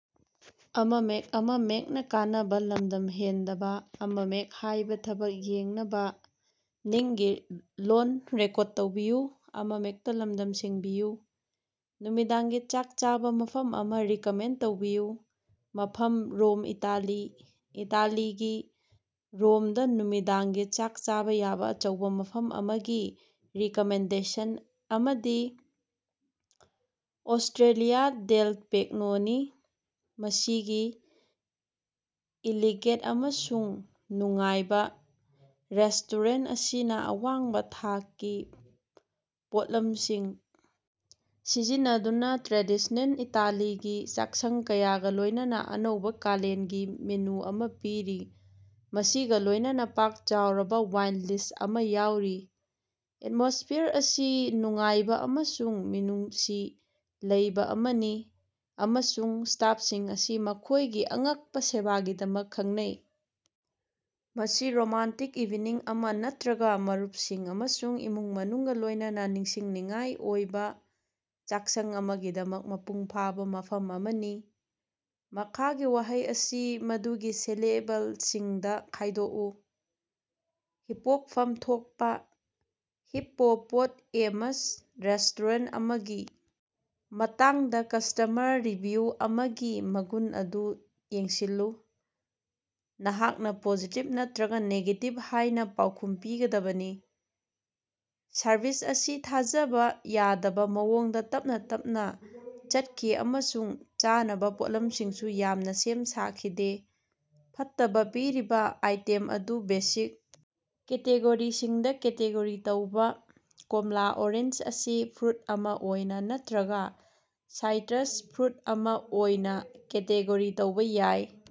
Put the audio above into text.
ꯅꯨꯃꯤꯗꯥꯡꯒꯤ ꯆꯥꯛ ꯆꯥꯕ ꯃꯐꯝ ꯑꯃ ꯔꯤꯀꯃꯦꯟꯗ ꯇꯧꯕꯤꯌꯨ꯫ ꯃꯐꯝ ꯔꯣꯝ ꯏꯇꯥꯂꯤ꯫ ꯏꯇꯥꯂꯤꯒꯤ ꯔꯣꯝꯗ ꯅꯨꯃꯤꯗꯥꯡꯒꯤ ꯆꯥꯛ ꯆꯥꯕ ꯌꯥꯕ ꯑꯆꯧꯕ ꯃꯐꯝ ꯑꯃꯒꯤ ꯔꯤꯀꯃꯦꯟꯗꯦꯁꯟ ꯑꯃꯗꯤ ꯑꯣꯁ꯭ꯇꯦꯔꯤꯌꯥ ꯗꯦꯜ ꯄꯦꯒꯅꯣꯅꯤ꯫ ꯃꯁꯤꯒꯤ ꯏꯂꯤꯒꯦꯟꯇ ꯑꯃꯁꯨꯡ ꯅꯨꯡꯉꯥꯏꯕ ꯔꯦꯁꯇꯣꯔꯦꯟ ꯑꯁꯤꯅ ꯑꯋꯥꯡꯕ ꯊꯥꯛꯀꯤ ꯄꯣꯠꯂꯝꯁꯤꯡ ꯁꯤꯖꯤꯟꯅꯗꯨꯅ ꯇ꯭ꯔꯦꯗꯤꯁꯅꯦꯜ ꯏꯇꯥꯂꯤꯒꯤ ꯆꯥꯛꯁꯪ ꯀꯌꯥꯒ ꯂꯣꯏꯅꯅ ꯑꯅꯧꯕ ꯀꯥꯂꯦꯟꯒꯤ ꯃꯦꯅꯨ ꯑꯃ ꯄꯤꯔꯤ ꯃꯁꯤꯒ ꯂꯣꯏꯅꯅ ꯄꯥꯛ ꯆꯥꯎꯔꯕ ꯋꯥꯏꯟ ꯂꯤꯁ ꯑꯃ ꯌꯥꯎꯔꯤ꯫ ꯑꯦꯠꯃꯣꯁꯐꯤꯌꯥꯔ ꯑꯁꯤ ꯅꯨꯡꯉꯥꯏꯕ ꯑꯃꯁꯨꯡ ꯃꯤꯅꯨꯡꯁꯤ ꯂꯩꯕ ꯑꯃꯅꯤ ꯑꯃꯁꯨꯡ ꯁꯇꯥꯞꯁꯤꯡ ꯑꯁꯤ ꯃꯈꯣꯏꯒꯤ ꯑꯉꯛꯄ ꯁꯦꯕꯥꯒꯤꯗꯃꯛ ꯈꯪꯅꯩ꯫ ꯃꯁꯤ ꯔꯣꯃꯥꯟꯇꯤꯛ ꯏꯚꯤꯅꯤꯡ ꯑꯃ ꯅꯠꯇ꯭ꯔꯒꯥ ꯃꯔꯨꯞꯁꯤꯡ ꯑꯃꯁꯨꯡ ꯏꯃꯨꯡ ꯃꯅꯨꯡꯒ ꯂꯣꯏꯅꯅ ꯅꯤꯡꯁꯤꯡꯅꯤꯡꯉꯥꯏ ꯑꯣꯏꯕ ꯆꯥꯛꯁꯪ ꯑꯃꯒꯤꯗꯃꯛ ꯃꯄꯨꯡ ꯐꯥꯕ ꯃꯐꯝ ꯑꯃꯅꯤ꯫ ꯃꯈꯥꯒꯤ ꯋꯥꯍꯩ ꯑꯁꯤ ꯃꯗꯨꯒꯤ ꯁꯤꯂꯦꯕꯜꯁꯤꯡꯗ ꯈꯥꯏꯗꯣꯛꯎ꯫ ꯍꯤꯄꯣꯛꯐꯝ ꯊꯣꯛꯄ꯫ ꯍꯤꯞ ꯄꯣ ꯄꯣꯠ ꯑꯦ ꯃꯁ꯫ ꯔꯦꯁꯇꯣꯔꯦꯟ ꯑꯃꯒꯤ ꯃꯇꯥꯡꯗ ꯀꯁꯇꯃꯔ ꯔꯤꯚꯤꯌꯨ ꯑꯃꯒꯤ ꯃꯒꯨꯟ ꯑꯗꯨ ꯌꯦꯡꯁꯤꯜꯂꯨ꯫ ꯅꯍꯥꯛꯅ ꯄꯣꯖꯤꯇꯤꯞ ꯅꯠꯇ꯭ꯔꯒꯥ ꯅꯦꯒꯦꯇꯤꯞ ꯍꯥꯏꯅ ꯄꯥꯎꯈꯨꯝ ꯄꯤꯒꯗꯕꯅꯤ꯫ ꯁꯔꯚꯤꯁ ꯑꯁꯤ ꯊꯥꯖꯕ ꯌꯥꯗꯕ ꯃꯑꯣꯡꯗ ꯇꯞꯅ ꯇꯞꯅ ꯆꯠꯈꯤ ꯑꯃꯁꯨꯡ ꯆꯥꯅꯕ ꯄꯣꯠꯂꯝꯁꯤꯡꯁꯨ ꯌꯥꯝꯅ ꯁꯦꯝ ꯁꯥꯈꯤꯗꯦ꯫ ꯐꯠꯇꯕ ꯄꯤꯔꯤꯕ ꯑꯥꯏꯇꯦꯝ ꯑꯗꯨ ꯕꯦꯁꯤꯛ ꯀꯦꯇꯦꯒꯣꯔꯤꯁꯤꯡꯗ ꯀꯦꯇꯦꯒꯣꯔꯤ ꯇꯧꯕ꯫ ꯀꯣꯝꯂꯥ ꯑꯣꯔꯦꯟꯖ ꯑꯁꯤ ꯐ꯭ꯔꯨꯠ ꯑꯃ ꯑꯣꯏꯅ ꯅꯠꯇ꯭ꯔꯒꯥ ꯁꯥꯏꯇꯔꯁ ꯐ꯭ꯔꯨꯠ ꯑꯃ ꯑꯣꯏꯅ ꯀꯦꯇꯦꯒꯣꯔꯤ ꯇꯧꯕ ꯌꯥꯏ꯫